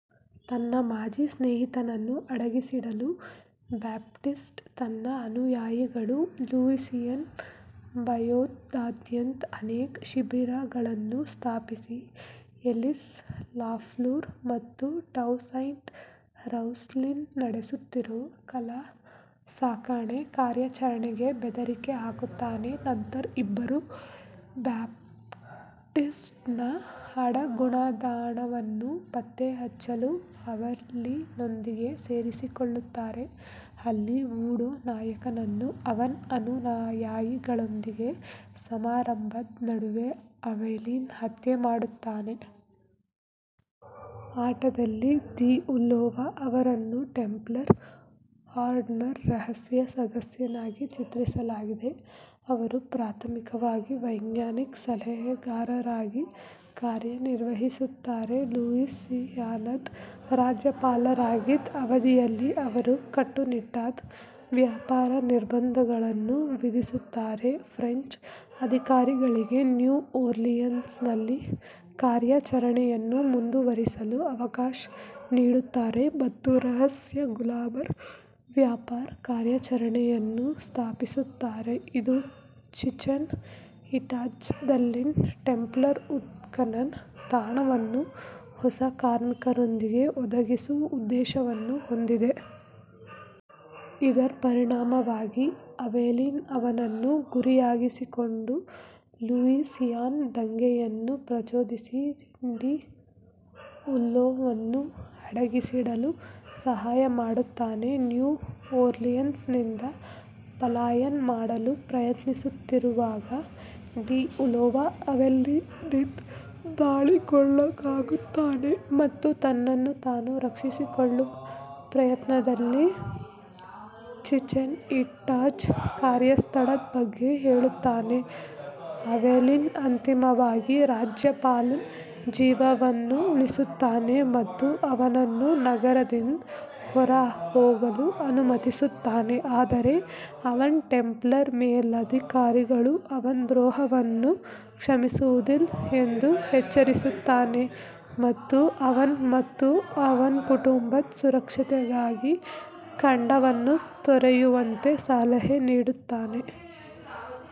ತನ್ನ ಮಾಜಿ ಸ್ನೇಹಿತನನ್ನು ಅಡಗಿಸಿಡಲು, ಬ್ಯಾಪ್ಟಿಸ್ಟ್ ತನ್ನ ಅನುಯಾಯಿಗಳು ಲೂಯಿಸಿಯಾನ ಬಯೌದಾದ್ಯಂತ ಅನೇಕ ಶಿಬಿರಗಳನ್ನು ಸ್ಥಾಪಿಸಿ, ಎಲಿಸ್ ಲಾಫ್ಲೂರ್ ಮತ್ತು ಟೌಸೈಂಟ್ ರೌಸಿಲ್ಲನ್ ನಡೆಸುತ್ತಿರುವ ಕಳ್ಳಸಾಗಣೆ ಕಾರ್ಯಾಚರಣೆಗೆ ಬೆದರಿಕೆ ಹಾಕುತ್ತಾನೆ. ನಂತರ ಇಬ್ಬರೂ ಬ್ಯಾಪ್ಟಿಸ್ಟ್ನ ಅಡಗುದಾಣವನ್ನು ಪತ್ತೆಹಚ್ಚಲು ಅವೆಲೀನ್ನೊಂದಿಗೆ ಸೇರಿಕೊಳ್ಳುತ್ತಾರೆ, ಅಲ್ಲಿ ವೂಡೂ ನಾಯಕನನ್ನು ಅವನ ಅನುಯಾಯಿಗಳೊಂದಿಗೆ ಸಮಾರಂಭದ ನಡುವೆ ಅವೆಲೀನ್ ಹತ್ಯೆ ಮಾಡುತ್ತಾನೆ. ಆಟದಲ್ಲಿ, ಡಿ ಉಲ್ಲೋವಾ ಅವರನ್ನು ಟೆಂಪ್ಲರ್ ಆರ್ಡರ್ನ ರಹಸ್ಯ ಸದಸ್ಯನಾಗಿ ಚಿತ್ರಿಸಲಾಗಿದೆ, ಅವರು ಪ್ರಾಥಮಿಕವಾಗಿ ವೈಜ್ಞಾನಿಕ ಸಲಹೆಗಾರರಾಗಿ ಕಾರ್ಯನಿರ್ವಹಿಸುತ್ತಾರೆ. ಲೂಯಿಸಿಯಾನದ ರಾಜ್ಯಪಾಲರಾಗಿದ್ದ ಅವಧಿಯಲ್ಲಿ, ಅವರು ಕಟ್ಟುನಿಟ್ಟಾದ ವ್ಯಾಪಾರ ನಿರ್ಬಂಧಗಳನ್ನು ವಿಧಿಸುತ್ತಾರೆ, ಫ್ರೆಂಚ್ ಅಧಿಕಾರಿಗಳಿಗೆ ನ್ಯೂ ಓರ್ಲಿಯನ್ಸ್ನಲ್ಲಿ ಕಾರ್ಯಾಚರಣೆಯನ್ನು ಮುಂದುವರಿಸಲು ಅವಕಾಶ ನೀಡುತ್ತಾರೆ ಮತ್ತು ರಹಸ್ಯ ಗುಲಾಮರ-ವ್ಯಾಪಾರ ಕಾರ್ಯಾಚರಣೆಯನ್ನು ಸ್ಥಾಪಿಸುತ್ತಾರೆ, ಇದು ಚಿಚೆನ್ ಇಟ್ಜಾದಲ್ಲಿನ ಟೆಂಪ್ಲರ್ ಉತ್ಖನನ ತಾಣವನ್ನು ಹೊಸ ಕಾರ್ಮಿಕರೊಂದಿಗೆ ಒದಗಿಸುವ ಉದ್ದೇಶವನ್ನು ಹೊಂದಿದೆ. ಇದರ ಪರಿಣಾಮವಾಗಿ, ಅವೆಲೀನ್ ಅವನನ್ನು ಗುರಿಯಾಗಿಸಿಕೊಂಡು, ಲೂಯಿಸಿಯಾನ ದಂಗೆಯನ್ನು ಪ್ರಚೋದಿಸಿ ಡಿ ಉಲ್ಲೋವನ್ನು ಅಡಗಿಸಿಡಲು ಸಹಾಯ ಮಾಡುತ್ತಾನೆ. ನ್ಯೂ ಓರ್ಲಿಯನ್ಸ್ನಿಂದ ಪಲಾಯನ ಮಾಡಲು ಪ್ರಯತ್ನಿಸುತ್ತಿರುವಾಗ, ಡಿ ಉಲ್ಲೋವಾ ಅವೆಲೀನ್ನಿಂದ ದಾಳಿಗೊಳಗಾಗುತ್ತಾನೆ ಮತ್ತು ತನ್ನನ್ನು ತಾನು ರಕ್ಷಿಸಿಕೊಳ್ಳುವ ಪ್ರಯತ್ನದಲ್ಲಿ ಚಿಚೆನ್ ಇಟ್ಜಾ ಕಾರ್ಯಸ್ಥಳದ ಬಗ್ಗೆ ಹೇಳುತ್ತಾನೆ. ಅವೆಲಿನ್ ಅಂತಿಮವಾಗಿ ರಾಜ್ಯಪಾಲನ ಜೀವವನ್ನು ಉಳಿಸುತ್ತಾನೆ ಮತ್ತು ಅವನನ್ನು ನಗರದಿಂದ ಹೊರಹೋಗಲು ಅನುಮತಿಸುತ್ತಾನೆ, ಆದರೆ ಅವನ ಟೆಂಪ್ಲರ್ ಮೇಲಧಿಕಾರಿಗಳು ಅವನ ದ್ರೋಹವನ್ನು ಕ್ಷಮಿಸುವುದಿಲ್ಲ ಎಂದು ಎಚ್ಚರಿಸುತ್ತಾನೆ ಮತ್ತು ಅವನ ಮತ್ತು ಅವನ ಕುಟುಂಬದ ಸುರಕ್ಷತೆಗಾಗಿ ಖಂಡವನ್ನು ತೊರೆಯುವಂತೆ ಸಲಹೆ ನೀಡುತ್ತಾನೆ.